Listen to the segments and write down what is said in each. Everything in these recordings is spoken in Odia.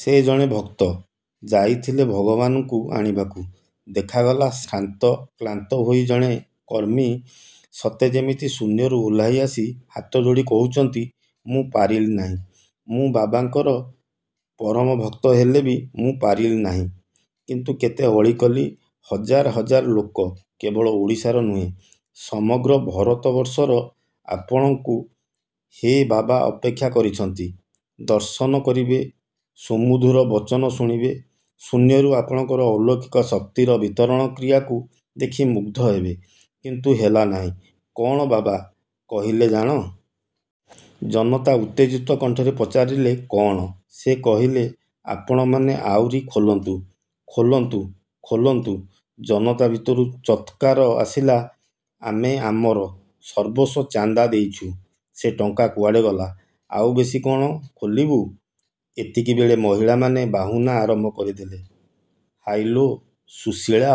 ସେ ଜଣେ ଭକ୍ତ, ଯାଇଥିଲେ ଭଗବାନଙ୍କୁ ଆଣିବାକୁ। ଦେଖାଗଲା ଶ୍ରାନ୍ତ କ୍ଳାନ୍ତ ହୋଇ ଜଣେ କର୍ମୀ ସତେ ଯେମିତ ଶୂନ୍ୟରୁ ଓହ୍ଲାଇ ଆସି ହାତଯୋଡ଼ି କହୁଛନ୍ତି… "ମୁଁ ପାରିଲିନାହିଁ, ମୁଁ ବାବାଙ୍କର ପରମ ଭକ୍ତ ହେଲେ ବି ମୁଁ ପାରିଲିନାହଁ; କିନ୍ତୁ କେତେ ଅଳିକଲି, ହଜାର ହଜାର ଲୋକ, କେବଳ ଓଡ଼ିଶାର ନୁହେଁ, ସମଗ୍ର ଭରତବର୍ଷର ଆପଣଙ୍କୁ, ହେ ବାବା ଅପେକ୍ଷା କରିଛନ୍ତି, ଦର୍ଶନ କରିବେ, ସୁମଧୁର ବଚନ ଶୁଣିବେ, ଶୂନ୍ୟରୁ ଆପଣଙ୍କର ଅଲୌକିତ ଶକ୍ତିର ବିତରଣ କ୍ରିୟାକୁ ଦେଖି ମୁଗ୍ଧ ହେବେ; କିନ୍ତୁ ହେଲାନାହିଁ, କଅଣ ବାବା କହିଲେ ଜାଣ? ଜନତା ଉତ୍ତେଜିତ କଣ୍ଠରେ ପଚାରିଲେ, -କଅଣ? -ସେ କହିଲେ, ଆପଣମାନେ ଆହୁରି ଖୋଲନ୍ତୁ, ଖୋଲନ୍ତୁ, ଖୋଲନ୍ତୁ… ଜନତା ଭିତରୁ ଚତ୍କାର ଆସିଲା-ଆମେ ଆମର ସର୍ବସ୍ଵ ଚାନ୍ଦା ଦେଇଛୁ। ସେ ଟଙ୍କା କୁଆଡ଼େ ଗଲା? ଆଉ ବେଶି କଅଣ ଖୋଲିବୁ? ଏତିକିବେଳେ ମହିଳାମାନେ ବାହୁନା ଆରମ୍ଭ କରିଦେଲେ… ହାଇଲୋ ସୁଶୀଳା!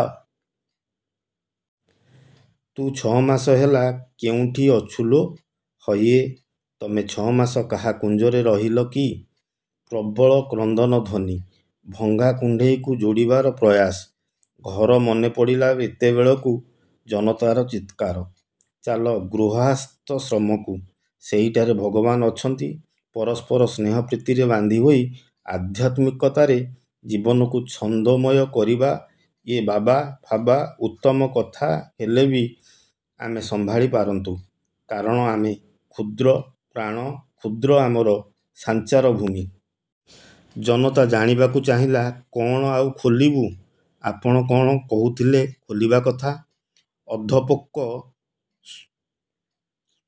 ତୁ ଛଅମାସ ହେଲା କେଉଁଠି ଅଛୁ ଲୋ! ''ହଇଏ, ତମେ ଛଅମାସ କାହା କୁଞ୍ଜରେ ରହିଲ କି? " ପ୍ରବଳ କ୍ରନ୍ଦନଧ୍ଵନି। ଭଙ୍ଗା କୁଣ୍ଢେଇକୁ ଯୋଡ଼ିବାର ପ୍ରୟାସ। ଘର ମନେପଡ଼ିଲା ଏତେବେଳକୁ! ଜନତାର ଚିତ୍କାର… ଚାଲ ଗୃହାସ୍ଥଶ୍ରମକୁ… ସେଇଠାରେ ଭଗବାନ ଅଛନ୍ତି ପରସ୍ପର ସ୍ନେହ-ପ୍ରୀତିରେ ବାନ୍ଧି ହୋଇ ଆଧ୍ୟାତ୍ମିକତାରେ ଜୀବନକୁ ଛନ୍ଦୋମୟ କରିବା–ଏ ବାବା-ଫାବା ଉତ୍ତମ କଥା ହେଲେ ବି ଆମେ ସମ୍ଭାଳି ପାରନ୍ତୁ; କାରଣ ଆମେ କ୍ଷୁଦ୍ର-ପ୍ରାଣ, କ୍ଷୁଦ୍ର ଆମର ସାଞ୍ଚାରଭୂମି। ଜନତା ଜାଣିବାକୁ ଚାହିଁଲା-କଅଣ ଆଉ ଖୋଲିବୁ? ଆପଣ କଅଣ କହୁଥିଲେ ଖୋଲିବା କଥା? ଅଦ୍ଧପକ୍ଵ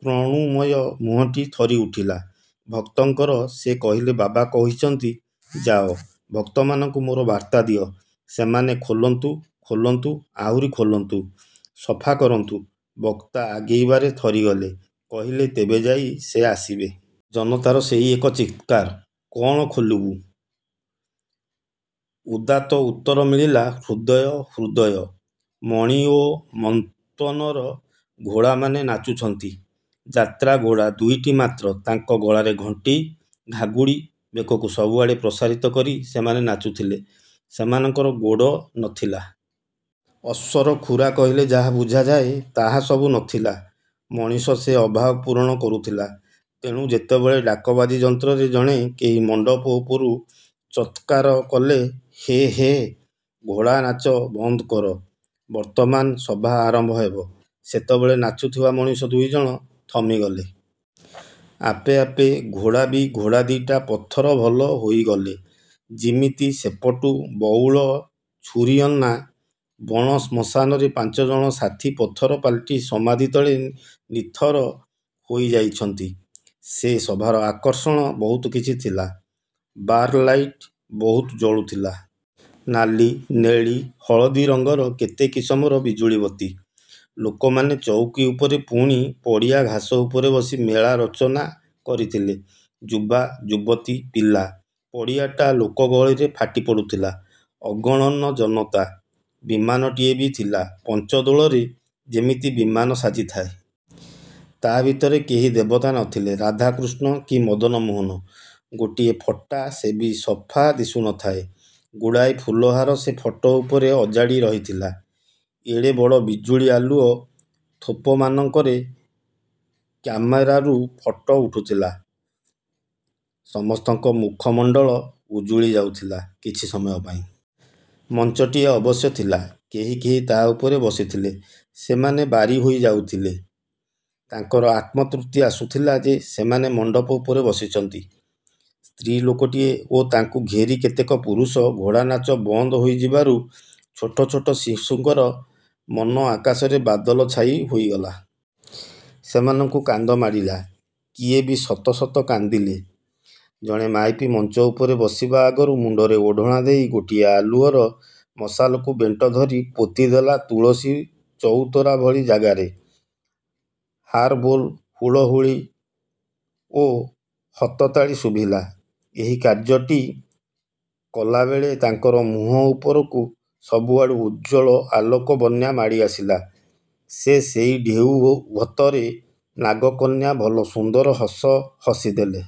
ଶ୍ମଶ୍ରୁମୟ ମୁହଁଟି ଥରିଉଠିଲା ଭକ୍ତଙ୍କର–ସେ କହିଲେ; ବାବା କହିଛନ୍ତି, ଯାଅ, ଭକ୍ତମାନଙ୍କୁ ମୋର ବାର୍ତ୍ତା ଦିଅ–ସେମାନେ ଖୋଲନ୍ତୁ–ଖୋଲନ୍ତୁ–ଆହୁରି ଖୋଲନ୍ତୁ–ସଫା କରନ୍ତୁ। ବକ୍ତା ଆଗେଇବାରେ ଥରିଗଲେ; କହିଲେ–ତେବେ ଯାଇ ସେ ଆସିବେ। ଜନତାର ସେଇ ଏକ ଚିତ୍କାର– "କଅଣ ଖୋଲବୁ? " ଉଦାତ୍ତ ଉତ୍ତର ମିଳିଲା– "ହୃଦୟ… ହୃଦୟ… " ମଣି ଓ ମନ୍ତନର ଘୋଡ଼ାମାନେ ନାଚୁଛନ୍ତି। ଯାତ୍ରା ଘୋଡ଼ା ଦୁଇଟି ମାତ୍ର… ତାଙ୍କ ଗଳାରେ ଘଣ୍ଟି ଘାଘୁଡ଼ି… ବେକକୁ ସବୁଆଡ଼େ ପ୍ରସାରିତ କରି ସେମାନେ ନାଚୁଥିଲେ। ସେମାନଙ୍କର ଗୋଡ଼ ନ ଥିଲା। ଅଶ୍ଵର ଖୁରା କହିଲେ ଯାହା ବୁଝାଯାଏ, ତାହା ସବୁ ନ ଥିଲା। ମଣିଷ ସେ ଅଭାବ ପୂରଣ କରୁଥିଲା। ତେଣୁ ଯେତେବେଳେ ଡାକବାଜି ଯନ୍ତ୍ରରେ ଜଣେ କେହି ମଣ୍ଡପ ଉପରୁ ଚତ୍କାରକଲେ-ହେଃ… ହେଃ ଘୋଡ଼ାନାଚ ବନ୍ଦ କର, ବର୍ତ୍ତମାନ ସଭା ଆରମ୍ଭ ହେବ, ସେତେବେଳେ ନାଚୁଥିବା ମଣିଷ ଦୁଇ ଜଣ ଥମିଗଲେ। ଆପେ ଆପେ ଘୋଡ଼ା ବି। ଘୋଡ଼ା ଦି'ଟା ପଥର ଭଲ ହୋଇଗଲେ। ଯିମିତି ସେପଟୁ ବଉଳ ଛୁରିଅନା ବଣ ଶ୍ମଶାନରେ ପାଞ୍ଚଜଣ ସାଥୀ ପଥର ପାଲଟି ସମାଧି ତଳେ ନିଥର ହୋଇଯାଇଛନ୍ତି। ସେ ସଭାର ଆକର୍ଷଣ ବହୁତ କିଛି ଥିଲା। ବାର୍ ଲାଇଟ୍ ବହୁତ ଜଳୁଥିଲା। ନାଲି, ନେଳୀ, ହଳଦି ରଙ୍ଗର କେତେ କିସମର ବିଜୁଳିବତି। ଲୋକମାନେ ଚଉକି ଉପରେ ପୁଣି ପଡ଼ିଆ ଘାସ ଉପରେ ବସି ମେଳା ରଚନା କରିଥିଲେ। ଯୁବା, ଯୁବତୀ, ପିଲା। ପଡ଼ିଆଟା ଲୋକଗହଳିରେ ଫାଟିପଡ଼ୁଥିଲା। ଅଗଣନ ଜନତା। ବିମାନଟିଏ ବି ଥିଲା; ପଞ୍ଚ ଦୋଳରେ ଯେମିତି ବିମାନ ସାଜିଥାଏ। ତା ଭିତରେ କେହି ଦେବତା ନଥିଲେ। ରାଧା, କୃଷ୍ଣ କି ମଦନମୋହନ। ଗୋଟାଏ ଫଟା ସେବି ସଫା ଦିଶୁ ନ ଥାଏ। ଗୁଡ଼ାଏ ଫୁଲହାର ସେ ଫଟ ଉପରେ ଅଜାଡ଼ି ରହିଥିଲା। ଏଡ଼େ ବଡ଼ ବିଜୁଳି ଆଲୁଅ ଥୋପମାନଙ୍କରେ କାମେରାରୁ ଫଟ ଉଠୁଥିଲା। ସମସ୍ତଙ୍କ ମୁଖମଣ୍ଡଳ ଉଜଳିଯାଇଥିଲା କିଛି ସମୟ ପାଇଁ। ମଞ୍ଚଟିଏ ଅବଶ୍ୟ ଥିଲା। କେହି କେହି ତା ଉପରେ ବସିଥିଲେ। ସେମାନେ ବାରିହୋଇଯାଉଥିଲେ। ତାଙ୍କର ଆତ୍ମତୃପ୍ତି ଆସୁଥିଲା ଯେ ସେମାନେ ମଣ୍ଡପ ଉପରେ ବସିଛନ୍ତି। ସ୍ତ୍ରୀଲୋକଟିଏ ଓ ତାଙ୍କୁ ଘେରି କେତେକ ପୁରୁଷ। ଘୋଡ଼ାନାଚ ବନ୍ଦ ହୋଇଯିବାରୁ ଛୋଟ ଛୋଟ ଶିଶୁଙ୍କର ମନ-ଆକାଶରେ ବାଦଲ ଛାଇ ହୋଇଗଲା। ସେମାନଙ୍କୁ କାନ୍ଦ ମାଡ଼ିଲା। କିଏ ବି ସତ ସତ କାନ୍ଦିଲେ। ଜଣେ ମାଇପି ମଞ୍ଚ ଉପରେ ବସିବା ଆଗରୁ ମୁଣ୍ଡରେ ଓଢ଼ଣା ଦେଇ ଗୋଟାଏ ଆଲୁଅର ମଶାଲକୁ ବେଣ୍ଟ ଧରି ପୋତିଦେଲା ତୁଳସୀ ଚଉତରା ଭଳି ଜାଗାରେ। ହାରବୋଲ, ହୁଳହୁଳି ଓ ହତତାଳି ଶୁଭିଲା। ଏହି କାର୍ଯ୍ୟଟି କଲାବେଳେ ତାଙ୍କର ମୁହଁଉପରକୁ ସବୁଆଡ଼ୁ ଉଜ୍ଜ୍ଵଳ ଆଲେକ-ବନ୍ୟା ମାଡ଼ିଆସିଲା। ସେ ସେଇ ଢେଉ ଭତରେ ନାଗକନ୍ୟା ଭଲ ସୁନ୍ଦର ହସ ହସିଦେଲେ।